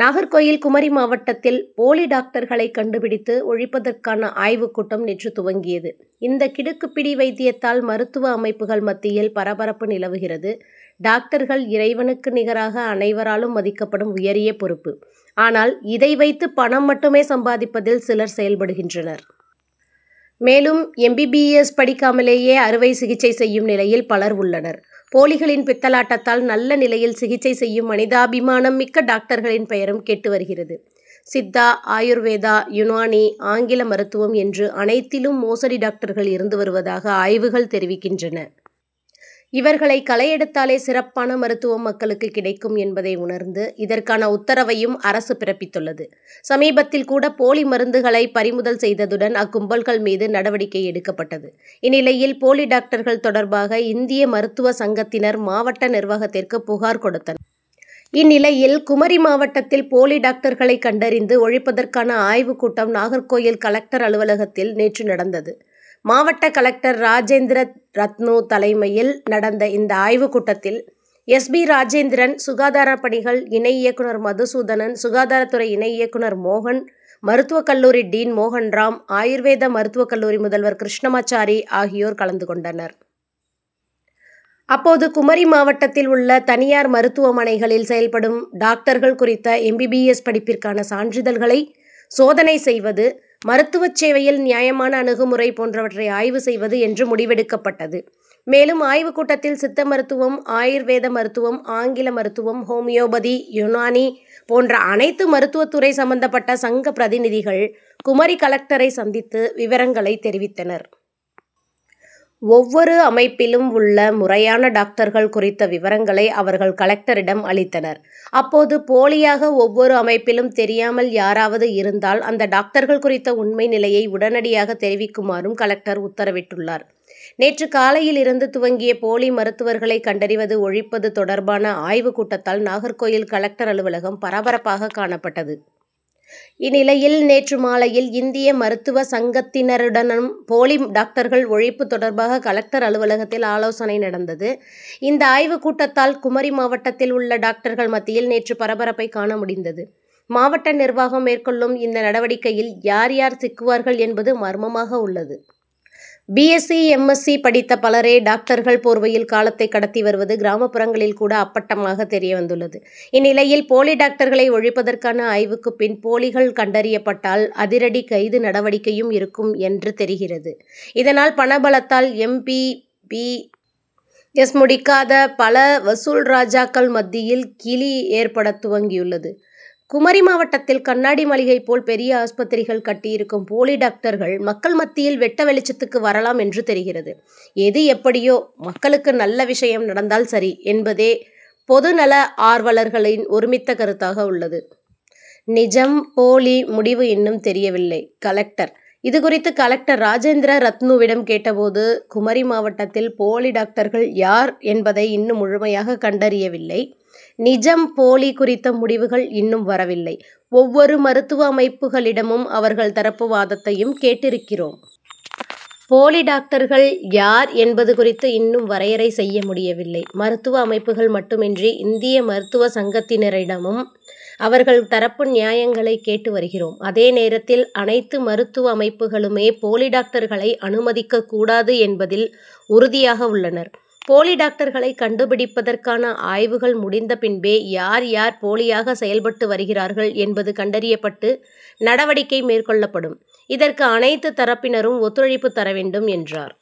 நாகர்கோவில் குமரி மாவட்டத்தில் போலி டாக்டர்களை கண்டுபிடித்து ஒழிப்பதற்கான ஆய்வுக்கூட்டம் நேற்று துவங்கியது. இந்த கிடுக்கிப்பிடி வைத்தியத்தால் மருத்துவ அமைப்புகள் மத்தியில் பரபரப்பு நிலவுகிறது. டாக்டர்கள்- இறைவனுக்கு நிகராக அனைவராலும் மதிக்கப்படும் உயரிய பொறுப்பு. ஆனால் இதை வைத்து பணம் மட்டுமே சம்பாதிப்பதில் சிலர் செயல்படுகின்றனர். மேலும் எம். பி. பி. எஸ். படிக்காமலேயே அறுவை சிகிச்சை செய்யும் நிலையில் பலர் உள்ளனர். போலிகளின் பித்தலாட்டத்தால் நல்ல நிலையில் சிகிச்சை செய்யும் மனிதாபிமானம் மிக்க டாக்டர்களின் பெயரும் கெட்டு வருகிறது. சித்தா, ஆயுர்வேதா, யுனானி, ஆங்கில மருத்துவம் என்று அனைத்திலும் மோசடி டாக்டர்கள் இருந்து வருவதாக ஆய்வுகள் தெரிவிக்கின்றன. இவர்களை களைஎடுத்தாலே சிறப்பான மருத்துவம் மக்களுக்கு கிடைக்கும் என்பதை உணர்ந்து இதற்கான உத்தரவையும் அரசு பிறப்பித்துள்ளது. சமீபத்தில் கூட போலி மருந்துகளை பறிமுதல் செய்ததுடன், அக்கும்பல்கள் மீது நடவடிக்கை எடுக்கப்பட்டது. இந்நிலையில் போலி டாக்டர்கள் தொடர்பாக இந்திய மருத்துவ சங்கத்தினர் மாவட்ட நிர்வாகத்திற்கு புகார் கொடுத்தன். இந்நிலையில் குமரி மாவட்டத்தில் போலி டாக்டர்களை கண்டறிந்து ஒழிப்பதற்கான ஆய்வுக்கூட்டம் நாகர்கோவில் கலெக்டர் அலுவலகத்தில் நேற்று நடந்தது. மாவட்ட கலெக்டர் ராஜேந்திர ரத்னூ தலைமையில் நடந்த இந்த ஆய்வுக்கூட்டத்தில் எஸ். பி. ராஜேந்திரன், சுகாதாரப்பணிகள் இணை இயக்குனர் மதுசூதனன், சுகாதாரத்துறை இணை இயக்குனர் மோகன், மருத்துவக்கல்லூரி டீன் மோகன்ராம், ஆயுர்வேத மருத்துவக்கல்லூரி முதல்வர் கிருஷ்ணமாச்சாரி ஆகியயோர் கலந்துகொண்டனர். அப்போது குமரி மாவட்டத்தில் உள்ள தனியார் மருத்துவமனைகளில் செயல்படும் டாக்டர்கள் குறித்த எம். பி. பி. எஸ். படிப்பிற்கான சான்றிதழ்களை சோதனை செய்வது. மருத்துவச்சேவையில் நியாயமான அணுகுமுறை போன்றவற்றை ஆய்வு செய்வது என்று முடிவெடுக்கப்பட்டது. மேலும் ஆய்வு கூட்டத்தில் சித்த மருத்துவம், ஆயுர்வேத மருத்துவம், ஆங்கில மருத்துவம், ஹோமியோபதி, யுனானி போன்ற அனைத்து மருத்துவத்துறை சம்பந்தப்பட்ட சங்க பிரதிநிதிகள் குமரி கலெக்டரை சந்தித்து விவரங்களை தெரிவித்தனர். ஒவ்வொரு அமைப்பிலும் உள்ள முறையான டாக்டர்கள் குறித்த விவரங்களை அவர்கள் கலெக்டரிடம் அளித்தனர். அப்போது போலியாக ஒவ்வொரு அமைப்பிலும் தெரியாமல் யாராவது இருந்தால் அந்த டாக்டர்கள் குறித்த உண்மை நிலையை உடனடியாக தெரிவிக்குமாறும் கலெக்டர் உத்தரவிட்டுள்ளார். நேற்று காலையில் இருந்து துவங்கிய போலி மருத்துவர்களை கண்டறிந்து ஒழிப்பது தொடர்பான ஆய்வு கூட்டத்தால் நாகர்கோவில் கலெக்டர் அலுவலகம் பரபரப்பாக காணப்பட்டது. இந்நிலையில் நேற்று மாலையில் இந்திய மருத்துவ சங்கத்தினருடனும் போலி டாக்டர்கள் ஒழிப்பு தொடர்பாக கலெக்டர் அலுவலகத்தில் ஆலோசனை நடந்தது. இந்த ஆய்வு கூட்டத்தால் குமரி மாவட்டத்தில் உள்ள டாக்டர்கள் மத்தியில் நேற்று பரபரப்பை காணமுடிந்தது. மாவட்ட நிர்வாகம் மேற்கொள்ளும் இந்த நடவடிக்கையில் யார், யார் சிக்குவார்கள் என்பது மர்மமாக உள்ளது. பி. S C., M. எஸ்சி., படித்த பலரே டாக்டர்கள் போர்வையில் காலத்தை கடத்திவருவது கிராமப்புறங்களில் கூட அப்பட்டமாக தெரிய வந்துள்ளது. இந்நிலையில் போலி டாக்டர்களை ஒழிப்பதற்கான ஆய்வுக்குபின்பு போலிகள் கண்டறியப்பட்டால் அதிரடி கைது நடவடிக்கையும் இருக்கும் என்று தெரிகிறது. இதனால் பணபலத்தால் எம். பி. பி. எஸ். முடிக்காத பல வசூல்ராஜாக்கள் மத்தியில் கிலி ஏற்பட துவங்கியுள்ளது. குமரி மாவட்டத்தில் கண்ணாடி மாளிகைப்போல் பெரிய ஆஸ்பத்திரிகள் கட்டியிருக்கும் போலி டாக்டர்கள் மக்கள் மத்தியில் வெட்டவெளிச்சத்துக்கு வரலாம் என்று தெரிகிறது. எது எப்படியோ மக்களுக்கு நல்ல விஷயம் நடந்தால் சரிஎன்பதே பொதுநல ஆர்வலர்களின் ஒருமித்த கருத்தாக உள்ளது. நிஜம், போலி முடிவு இன்னும் தெரியவில்லை கலெக்டர் இதுகுறித்து கலெக்டர் ராஜேந்திர ரத்னூவிடம் கேட்டபோது குமரி மாவட்டத்தில் போலி டாக்டர்கள் யார் என்பதை இன்னும் முழுமையாக கண்டறியவில்லை. நிஜம், போலி குறித்த முடிவுகள் இன்னும் வரவில்லை. ஒவ்வொரு மருத்துவ அமைப்புகளிடமும் அவர்கள் தரப்பு வாதத்தையும் கேட்டிருக்கிறோம். போலி டாக்டர்கள் யார் என்பது குறித்து இன்னும் வரையறை செய்யமுடியவில்லை. மருத்துவ அமைப்புகள் மட்டுமின்றி இந்திய மருத்துவ சங்கத்தினரிடமும் அவர்கள் தரப்பு நியாயங்களை கேட்டு வருகிறோம். அதே நேரத்தில் அனைத்து மருத்துவ அமைப்புகளுமே போலி டாக்டர்களை அனுமதிக்கக்கூடாது என்பதில் உறுதியாக உள்ளனர். போலி டாக்டர்களை கண்டுபிடிப்பதற்கான ஆய்வுகள் முடிந்த பின்பே யார், யார் போலியாக செயல்பட்டு வருகிறார்கள் என்பது கண்டறியப்பட்டு நடவடிக்கை மேற்கொள்ளப்படும். இதற்கு அனைத்து தரப்பினரும் ஒத்துழைப்பு தரவேண்டும் என்றார்.